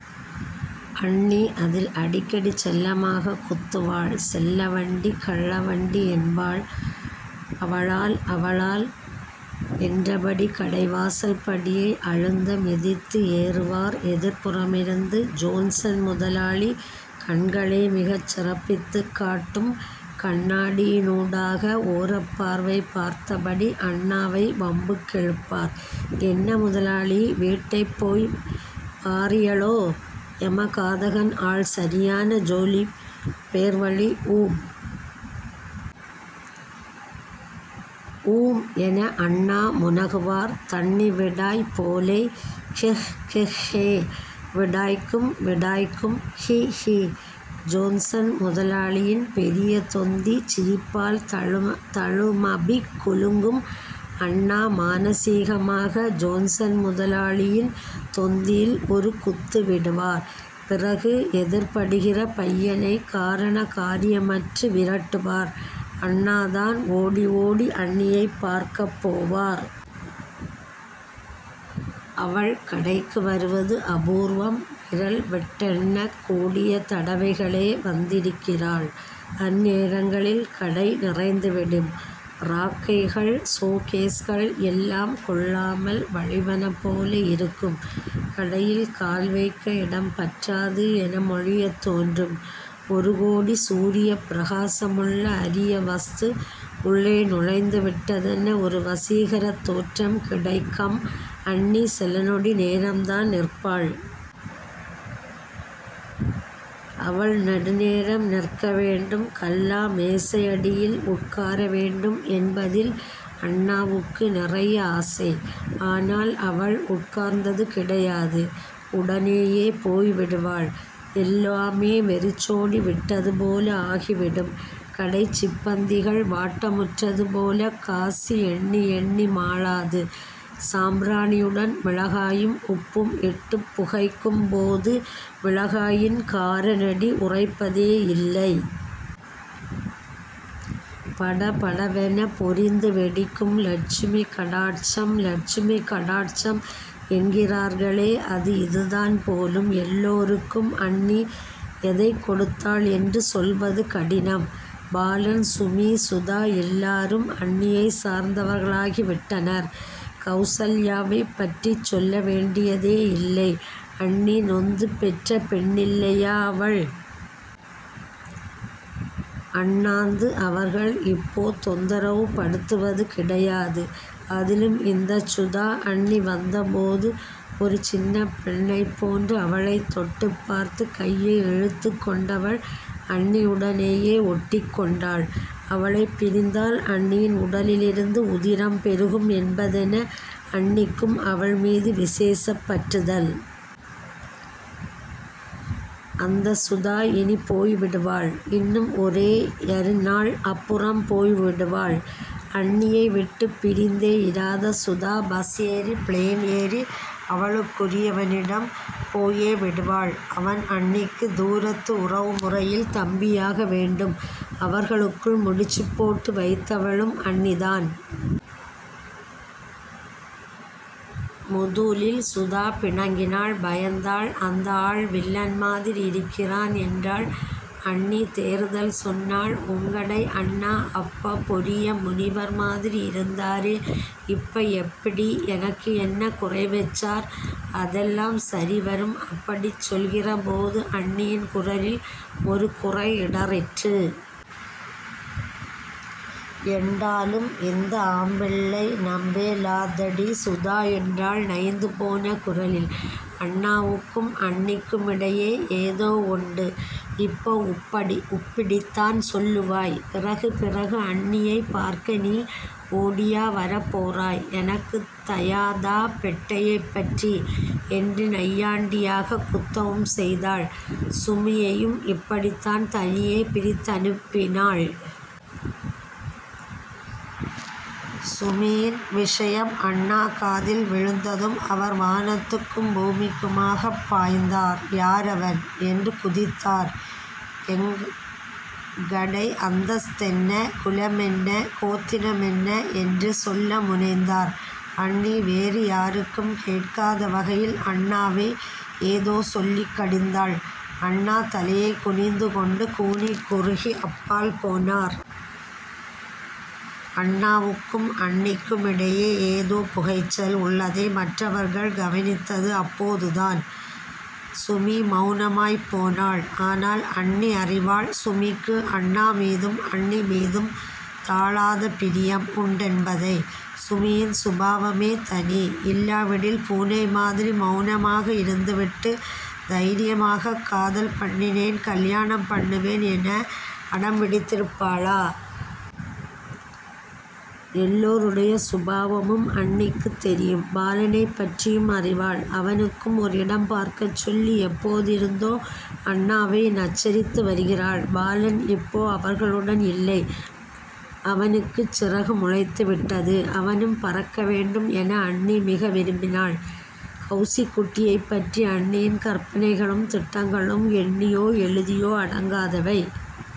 அண்ணிஅதில் அடிக்கடி செல்லமாகக் குத்துவாள். செல்லவண்டி... கள்ளவண்டி என்பாள். அவளால்..அவளால் என்றபடி கடைவாசல்படியை அழுந்த மிதித்து ஏறுவார். எதிர்புறமிருந்து ஜோன்சன் முதலாளி கண்களை மிகச் சிறப்பித்துக் காட்டும் கண்ணாடியினூடாக ஓரப்பார்வை பார்த்தபடி அண்ணாவை வம்புக்கிழுப்பார். என்ன முதலாளி... வீட்டை போய் வாறியளோ....? எமகாதகன் ஆள் சரியான ஜொலிப் பேர்வழி ஊம்... ஊம் என அண்ணா முனகுவார். தண்ணி விடாய் போலை.. கெஹ்கெஹ்ஹே... விடாய்க்கும் விடாய்க்கும் ஹி... ஹி.ஜோன்சன் முதலாளியின் பெரிய தொந்தி சிரிப்பால் தழுமபிக் குலுங்கும் அண்ணா மானசீகமாக ஜோன்சன் முதலாளியின் தொந்தியில் ஒரு குத்து விடுவார். பிறகு, எதிர்படுகிற பையனை காரண காரியமற்று விரட்டுவார். அண்ணா தான் ஓடிஓடி அண்ணியைப் பார்க்கப் போவார். அவள் கடைக்கு வருவது அபூர்வம். விரல் விட்டெண்ணக் கூடிய தடவைகளே வந்திருக்கிறாள். அந்நேரங்களில் கடை நிறைந்து விடும். றாக்கைகள் ஷோகேஸ்கள் எல்லாம் கொள்ளாமல் வழிவன போல இருக்கும். கடையில் கால்வைக்க இடம் பற்றாது என மொழியத் தோன்றும். ஒரு கோடி சூரியப் பிரகாசமுள்ள அரிய வஸ்து உள்ளே நுழைந்து விட்டதென ஒரு வசீகரத் தோற்றம் கிடைக்கம் அண்ணி சிலநொடி நேரம்தான் நிற்பாள். அவள் நெடுநேரம் நிற்க வேண்டும் கல்லா மேசையடியில் உட்கார வேண்டும், என்பதில் அண்ணாவுக்கு நிறைய ஆசை. ஆனால் அவள் உட்கார்ந்தது கிடையாது, உடனேயே போய் விடுவாள். எல்லாமே வெறிச்சோடி விட்டது போல ஆகிவிடும் கடைச் சிப்பந்திகள் வாட்டமுற்றது போலக் காசு எண்ணியெண்ணி மாளாது. சாம்பிராணியுடன் மிளகாயும் உப்பும் இட்டுப் புகைக்கும் போது மிளகாயின் காரநெடி உறைப்பதேயில்லை. படபடவென பொரிந்து வெடிக்கும். இலட்சுமி கடாட்சம்... இலட்சுமி கடாட்சம் என்கிறார்களே அது இதுதான் போலும் எல்லோருக்கும் அண்ணி எதைக் கொடுத்தாள் என்று சொல்வது கடினம் பாலன் சுமி சுதா எல்லாரும் அண்ணியைச் சார்ந்தவர்களாகி விட்டனர். கெளசல்யாவைப் பற்றிச் சொல்ல வேண்டியதேயில்லை. அண்ணி நொந்து பெற்ற பெண்ணில்லையா அவள்? அண்ணாந்து அவர்கள் இப்போ தொந்தரவு படுத்துவது கிடையாது. அதிலும் இந்தச் சுதா அண்ணி வந்த போது ஒரு சின்னப்பெண்ணைப் போன்று அவளைத் தொட்டுப் பார்த்து கையை இழுத்துக் கொண்டவள் அண்ணியுடனேயே ஒட்டிக்கொண்டாள். அவளைப் பிரிந்தால் அண்ணியின் உடலிலிருந்து உதிரம் பெருகும் என்பதென அண்ணிக்கும் அவள் மீது விசேஷப்பற்றுதல். அந்த சுதா இனிப் போய்விடுவாள். இன்னும் ஒரேயரு நாள். அப்புறம் போய்விடுவாள். அண்ணியை விட்டுப் பிரிந்தே இராத சுதா பஸ் ஏறி.... பிளேன் ஏறி அவளுக்குரியவனிடம் போயே விடுவாள். அவன் அண்ணிக்கு தூரத்து உறவுமுறையில் தம்பியாக வேண்டும். அவர்களுக்குள் முடிச்சுப் போட்டு வைத்தவளும் அண்ணி தான். முதுலில் சுதா பிணங்கினாள் பயந்தாள். அந்த ஆள் வில்லன் மாதிரி இருக்கிறான்... என்றாள். அண்ணி தேறுதல் சொன்னாள். உங்கடை அண்ணா.... அப்ப பொரிய முனிவர் மாதிரி இருந்தாரே.. இப்ப எப்பிடி? எனக்கு என்ன குறைவைச்சார்.... அதெல்லாம் சரிவரும்....அப்படிச் சொல்கிற போது அண்ணியின் குரலில் ஒரு குறை இடறிற்று. எண்டாலும்... இந்த ஆம்பிள்ளை நம்பேலாதடி.... சுதா என்றாள் நைந்துபோன குரலில். அண்ணாவுக்கும் அண்ணிக்குமிடையே ஏதோ உண்டு இப்ப உப்பிடித்தான் சொல்லுவாய்... பிறகுபிறகு அண்ணியை பார்க்க நீ ஓடியா வரப்போறாய்.... எனக்குத் தயாதா பெட்டையைப் பற்றி. என்று நையாண்டியாகக் குத்தவும் செய்தாள். சுமியையும் இப்படித்தான் தனியே பிரித்தணுப்பினாள். சுமியின் விஷயம் அண்ணா காதில் விழுந்ததும் அவர் வானத்துக்கும் பூமிக்குமாகப் பாய்ந்தார். யாரவன்? என்று குதித்தார். எங்கடை அந்தஸ்தென்ன.... குலமென்ன கோத்திரமென்னஎன்று சொல்ல முனைந்தார். அண்ணி வேறுயாருக்கும் கேட்காத வகையில் அண்ணாவை ஏதோ சொல்லிக் கடிந்தாள். அண்ணா தலையைக் குனிந்து கொண்டு கூனிக் குறுகி அப்பால் போனார். அண்ணாவுக்கும் அண்ணிக்குமிடையே ஏதோ புகைச்சல் உள்ளதை மற்றவர்கள் கவனித்தது அப்போதுதான். சுமி மெளனமாய்ப் போனாள். ஆனால் அண்ணி அறிவாள் சுமிக்கு அண்ணாமீதும் அண்ணிமீதும் தாளாத பிரியம் உண்டென்பதை. சுமியின் சுபாவமே தனி. இல்லாவிடில் பூனை மாதிரி மெளனமாக இருந்துவிட்டு தைரியமாகக் காதல் பண்ணினேன் கல்யாணம் பண்ணுவேன் என அடம் பிடித்திருப்பாளா? எல்லோருடைய சுபாவமும் அண்ணிக்குத் தெரியும். பாலனைப் பற்றியும் அறிவாள். அவனுக்கும் ஒரு இடம் பார்க்கச் சொல்லி எப்போதிருந்தோ அண்ணாவை நச்சரித்து வருகிறாள். பாலன் இப்போ அவர்களுடன் இல்லை. அவனுக்குச் சிறகு முளைத்துவிட்டது. அவனும் பறக்க வேண்டும் என அண்ணி மிக விரும்பினாள். கெளசிக்குட்டியைப் பற்றி அண்ணியின் கற்பனைகளும் திட்டங்களும் எண்ணியோ எழுதியோ அடங்காதவை.